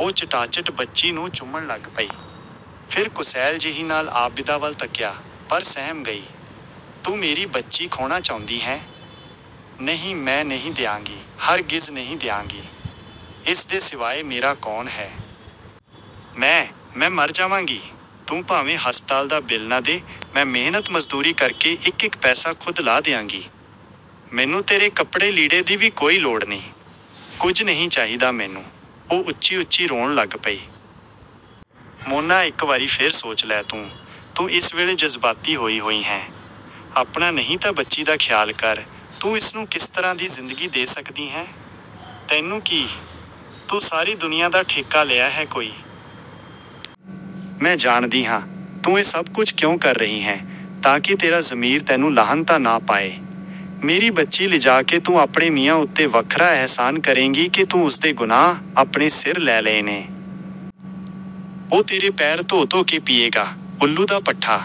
ਉਹ 'ਚਟਾਚਟ' ਬੱਚੀ ਨੂੰ ਚੁੰਮਣ ਲੱਗ ਪਈ। ਫਿਰ ਕੁਸੈਲ-ਜਿਹੀ ਨਾਲ ਆਬਿਦਾ ਵੱਲ ਤੱਕਿਆ, ਪਰ ਸਹਿਮ ਗਈ। "ਤੂੰ ਮੇਰੀ ਬੱਚੀ ਖੋਹਣਾ ਚਾਹੁੰਦੀ ਹੈਂ? ਨਹੀਂ, ਮੈਂ ਨਹੀਂ ਦਿਆਂਗੀ, ਹਰਗਿਜ਼ ਨਹੀਂ ਦਿਆਂਗੀ। ਇਸ ਦੇ ਸਿਵਾਏ ਮੇਰਾ ਕੌਣ ਹੈ! ਮੈਂ, ਮੈਂ ਮਰ ਜਾਵਾਂਗੀ! ਤੂੰ ਭਾਵੇਂ ਹਸਪਤਾਲ ਦਾ ਬਿੱਲ ਨਾ ਦੇ, ਮੈਂ ਮਿਹਨਤ-ਮਜ਼ਦੂਰੀ ਕਰਕੇ ਇੱਕ-ਇੱਕ ਪੈਸਾ ਖ਼ੁਦ ਲਾਹ ਦਿਆਂਗੀ। ਮੈਨੂੰ ਤੇਰੇ ਕੱਪੜੇ-ਲੀੜੇ ਦੀ ਵੀ ਕੋਈ ਲੋੜ ਨਹੀਂ। ਕੁਝ ਨਹੀਂ ਚਾਹੀਦਾ ਮੈਨੂੰ" ਉਹ ਉੱਚੀ-ਉੱਚੀ ਰੋਣ ਲੱਗ ਪਈ। "ਮੋਨਾ ਇੱਕ ਵਾਰੀ ਫਿਰ ਸੋਚ ਲੈ ਤੂੰ, ਤੂੰ ਇਸ ਵੇਲੇ ਜਜ਼ਬਾਤੀ ਹੋਈ-ਹੋਈ ਹੈਂ। ਆਪਣਾ ਨਹੀਂ ਤਾਂ ਬੱਚੀ ਦਾ ਖ਼ਿਆਲ ਕਰ, ਤੂੰ ਇਸਨੂੰ ਕਿਸ ਤਰ੍ਹਾਂ ਦੀ ਜ਼ਿੰਦਗੀ ਦੇ ਸਕਦੀ ਹੈਂ?" "ਤੈਨੂੰ ਕੀ? ਤੂੰ ਸਾਰੀ ਦੁਨੀਆਂ ਦਾ ਠੇਕਾ ਲਿਆ ਹੈ ਕੋਈ! ਮੈਂ ਜਾਣਦੀ ਹਾਂ, ਤੂੰ ਇਹ ਸਭ ਕੁਝ ਕਿਉਂ ਕਰ ਰਹੀ ਹੈਂ, ਤਾਂ ਕਿ ਤੇਰਾ ਜ਼ਮੀਰ ਤੈਨੂੰ ਲਾਹਨਤਾਂ ਨਾ ਪਾਏ। ਮੇਰੀ ਬੱਚੀ ਲਿਜਾ ਕੇ ਤੂੰ ਆਪਣੇ ਮੀਆਂ ਉੱਤੇ ਵੱਖਰਾ ਅਹਿਸਾਨ ਕਰੇਂਗੀ ਕਿ ਤੂੰ ਉਸਦੇ ਗੁਨਾਹ, ਆਪਣੇ ਸਿਰ ਲੈ ਲਏ ਨੇ। ਉਹ ਤੇਰੇ ਪੈਰ ਧੋ-ਧੋ ਕੇ ਪੀਏਗਾ; ਊੱਲੂ ਦਾ ਪੱਠਾ।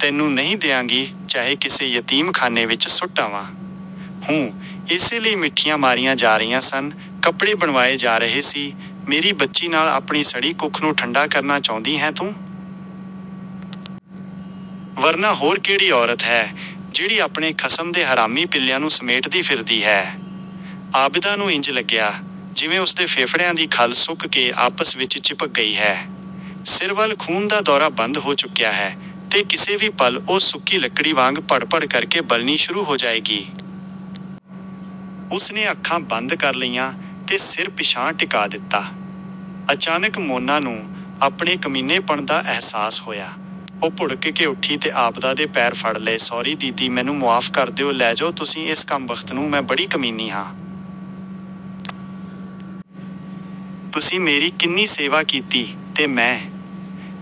ਤੈਨੂੰ ਨਹੀਂ ਦਿਆਂਗੀ ਚਾਹੇ ਕਿਸੇ ਯਤੀਮਖਾਨੇ ਵਿੱਚ ਸੁੱਟ ਆਵਾਂ। ਹੂੰ, ਇਸੇ ਲਈ ਮਿੱਠੀਆਂ ਮਾਰੀਆਂ ਜਾ ਰਹੀਆਂ ਸਨ, ਕੱਪੜੇ ਬਣਵਾਏ ਜਾ ਰਹੇ ਸੀ, ਮੇਰੀ ਬੱਚੀ ਨਾਲ ਆਪਣੀ ਸੜੀ ਕੁੱਖ ਨੂੰ ਠੰਡਾ ਕਰਨਾ ਚਾਹੁੰਦੀ ਹੈਂ ਤੂੰ? ਵਰਨਾ ਹੋਰ ਕਿਹੜੀ ਔਰਤ ਹੈ, ਜਿਹੜੀ ਆਪਣੇ ਖਸਮ ਦੇ ਹਰਾਮੀ ਪਿੱਲਿਆਂ ਨੂੰ ਸਮੇਟਦੀ ਫਿਰਦੀ ਹੈ!" ਆਬਿਦਾ ਨੂੰ ਇੰਜ ਲੱਗਿਆ ਜਿਵੇਂ ਉਸਦੇ ਫੇਫੜਿਆਂ ਦੀ ਖੱਲ ਸੁੱਕ ਕੇ ਆਪਸ ਵਿੱਚ ਚਿਪਕ ਗਈ ਹੈ। ਸਿਰ ਵੱਲ ਖ਼ੂਨ ਦਾ ਦੌਰਾ ਬੰਦ ਹੋ ਚੁੱਕਿਆ ਹੈ, ਤੇ ਕਿਸੇ ਵੀ ਪਲ ਉਹ ਸੁੱਕੀ ਲੱਕੜੀ ਵਾਂਗ ਭੜਭੜ ਕਰਕੇ ਬਲਣੀ ਸ਼ੁਰੂ ਹੋ ਜਾਏਗੀ। ਉਸਨੇ ਅੱਖਾਂ ਬੰਦ ਕਰ ਲਈਆਂ ਤੇ ਸਿਰ ਪਿਛਾਂਹ ਟਿਕਾ ਦਿੱਤਾ। ਅਚਾਨਕ ਮੋਨਾ ਨੂੰ ਆਪਣੇ ਕਮੀਨੇਪਣ ਦਾ ਅਹਿਸਾਸ ਹੋਇਆ। ਉਹ ਭੁੜਕ ਕੇ ਉੱਠੀ ਤੇ ਆਬਿਦਾ ਦੇ ਪੈਰ ਫੜ ਲਏ"ਸੌਰੀ ਦੀਦੀ, ਮੈਨੂੰ ਮੁਆਫ਼ ਕਰ ਦਿਓ, ਲੈ ਜਾਓ ਤੁਸੀਂ ਇਸ ਕੰਮਬਖ਼ਤ ਨੂੰ, ਮੈਂ ਬੜੀ ਕਮੀਨੀ ਹਾਂ। ਤੁਸੀਂ ਮੇਰੀ ਕਿੰਨੀ ਸੇਵਾ ਕੀਤੀ, ਤੇ ਮੈਂ!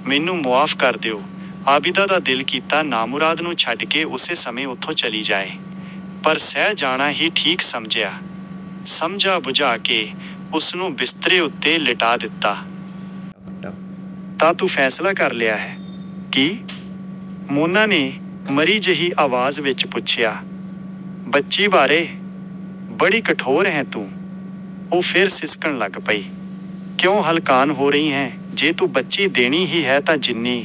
ਮੈਨੂੰ ਮੁਆਫ਼ ਕਰ ਦਿਓ" ਆਬਿਦਾ ਦਾ ਦਿਲ ਕੀਤਾ ਨਾਮੁਰਾਦ ਨੂੰ ਛੱਡ ਕੇ ਉਸੇ ਸਮੇਂ ਉੱਥੋਂ ਚਲੀ ਜਾਏ। ਪਰ ਸਹਿ ਜਾਣਾ ਹੀ ਠੀਕ ਸਮਝਿਆ। ਸਮਝਾ-ਬੁਝਾ ਕੇ ਉਸਨੂੰ ਬਿਸਤਰੇ ਉੱਤੇ ਲਿਟਾ ਦਿੱਤਾ। "ਤਾਂ ਤੂੰ ਫ਼ੈਸਲਾ ਕਰ ਲਿਆ ਹੈ?" "ਕੀ?" ਮੋਨਾ ਨੇ ਮਰੀ ਜਿਹੀ ਆਵਾਜ਼ ਵਿੱਚ ਪੁੱਛਿਆ। "ਬੱਚੀ ਬਾਰੇ?" "ਬੜੀ ਕਠੋਰ ਹੈਂ ਤੂੰ!" ਉਹ ਫਿਰ ਸਿਸਕਣ ਲੱਗ ਪਈ। "ਕਿਉਂ ਹਲਕਾਨ ਹੋ ਰਹੀ ਹੈਂ, ਜੇ ਤੂੰ ਬੱਚੀ ਦੇਣੀ ਹੀ ਹੈ ਤਾਂ ਜਿੰਨੀ